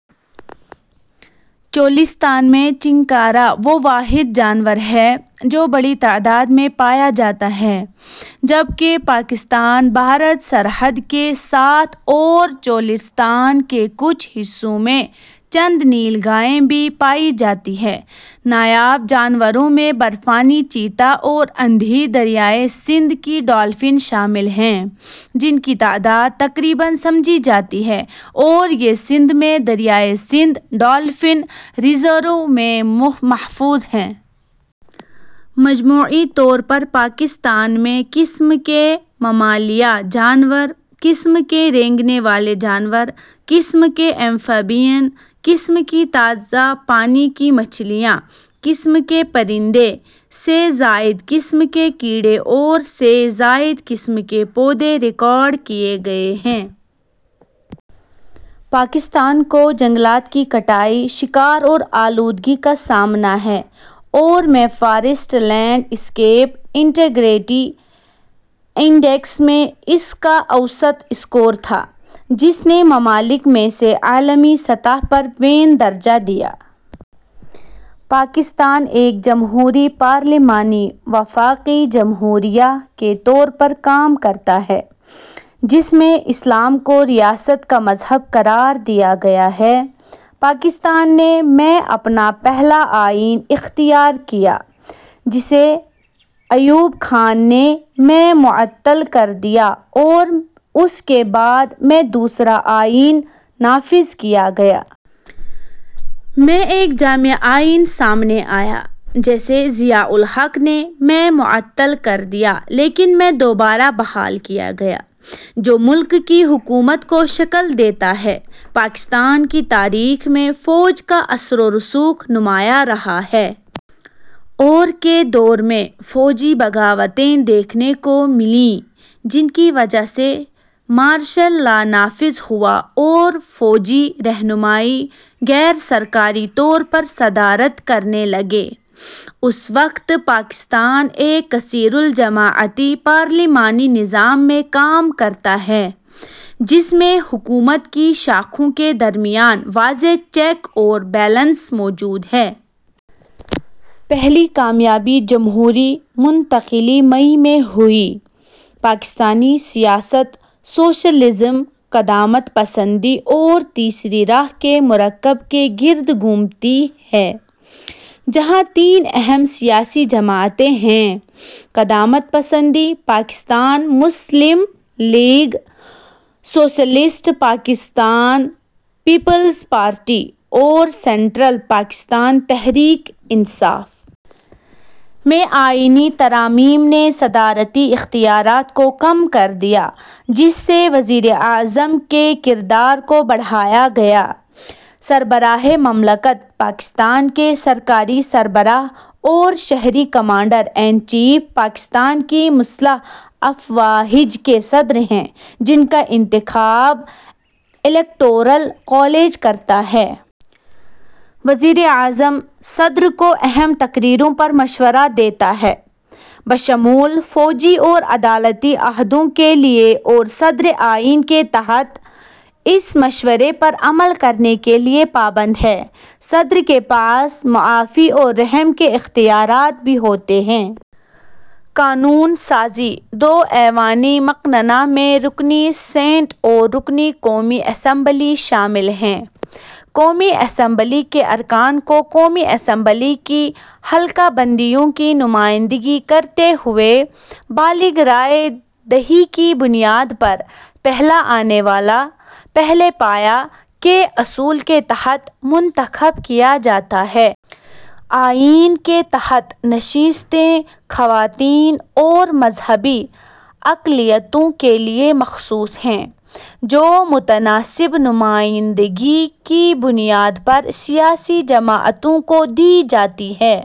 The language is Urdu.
چولستان میں چنکارا وہ واحد جانور ہے جو بڑی تعداد میں پایا جاتا ہے، جبکہ پاکستان-بھارت سرحد کے ساتھ اور چولستان کے کچھ حصوں میں چند نیل گائے بھی پائی جاتی ہیں۔ نایاب جانوروں میں برفانی چیتا اور اندھی دریائے سندھ کی ڈولفن شامل ہیں، جن کی تعداد تقریباً سمجھی جاتی ہے اور یہ سندھ میں دریائے سندھ ڈولفن ریزرو میں محفوظ ہیں۔ مجموعی طور پر پاکستان میں قسم کے ممالیہ جانور، قسم کے رینگنے والے جانور، قسم کے ایمفیبین، قسم کی تازہ پانی کی مچھلیاں، قسم کے پرندے، سے زائد قسم کے کیڑے اور سے زائد قسم کے پودے ریکارڈ کیے گئے ہیں۔ پاکستان کو جنگلات کی کٹائی، شکار اور آلودگی کا سامنا ہے اور میں forest landscape integrity index میں اس کا اوسط اسکور تھا، جس نے ممالک میں سے عالمی سطح پر ویں درجہ دیا۔ پاکستان ایک جمہوری پارلیمانی وفاقی جمہوریہ کے طور پر کام کرتا ہے، جس میں اسلام کو ریاست کا مذہب قرار دیا گیا ہے۔ پاکستان نے میں اپنا پہلا آئین اختیار کیا، جسے ایوب خان نے میں معطل کر دیا اور اس کے بعد میں دوسرا آئین نافذ کیا گیا۔ میں ایک جامع آئین سامنے آیا، جسے ضیاء الحق نے میں معطل کر دیا لیکن میں دوبارہ بحال کیا گیا، جو ملک کی حکومت کو شکل دیتا ہے۔ پاکستان کی تاریخ میں فوج کا اثر و رسوخ نمایاں رہا ہے۔ ، اور – کے دور میں فوجی بغاوتیں دیکھنے کو ملیں، جن کی وجہ سے مارشل لا نافذ ہوا اور فوجی رہنما غیر سرکاری طور پر صدارت کرنے لگے۔ اس وقت، پاکستان ایک کثیر الجماعتی پارلیمانی نظام میں کام کرتا ہے، جس میں حکومت کی شاخوں کے درمیان واضح چیک اور بیلنس موجود ہیں۔ پہلی کامیاب جمہوری منتقلی مئی میں ہوئی۔ پاکستانی سیاست سوشلزم، قدامت پسندی اور تیسری راہ کے مرکب کے گرد گھومتی ہے، جہاں تین اہم سیاسی جماعتیں ہیں: قدامت پسند Pakistan Muslim League, socialist Pakistan Peoples Party اور سنٹرل پاکستان تحریک انصاف۔ میں آئینی ترامیم نے صدارتی اختیارات کو کم کر دیا، جس سے وزیر اعظم کے کردار کو بڑھایا گیا۔ سربراہ مملکت: پاکستان کے سرکاری سربراہ اور شہری کمانڈر انچیف پاکستان کی مسلح افواہج کے صدر ہیں، جن کا انتخاب الیکٹورل کالج کرتا ہے۔ وزیر اعظم صدر کو اہم تقرریوں پر مشورہ دیتا ہے، بشمول فوجی اور عدالتی عہدوں کے لیے اور صدر آئین کے تحت اس مشورے پر عمل کرنے کے لیے پابند ہے۔ صدر کے پاس معافی اور رحم کے اختیارات بھی ہوتے ہیں۔ قانون سازی: دو ایوانی مقننہ میں رکنی سینیٹ اور رکنی قومی اسمبلی شامل ہیں۔ قومی اسمبلی کے ارکان کو قومی اسمبلی کی حلقہ بندیوں کی نمائندگی کرتے ہوئے بالغ رائے دہی کی بنیاد پر "پہلا آنے والا، پہلے پایا" کے اصول کے تحت منتخب کیا جاتا ہے۔ آئین کے تحت نشستیں خواتین اور مذہبی اقلیتوں کے لیے مخصوص ہیں، جو متناسب نمائندگی کی بنیاد پر سیاسی جماعتوں کو دی جاتی ہیں۔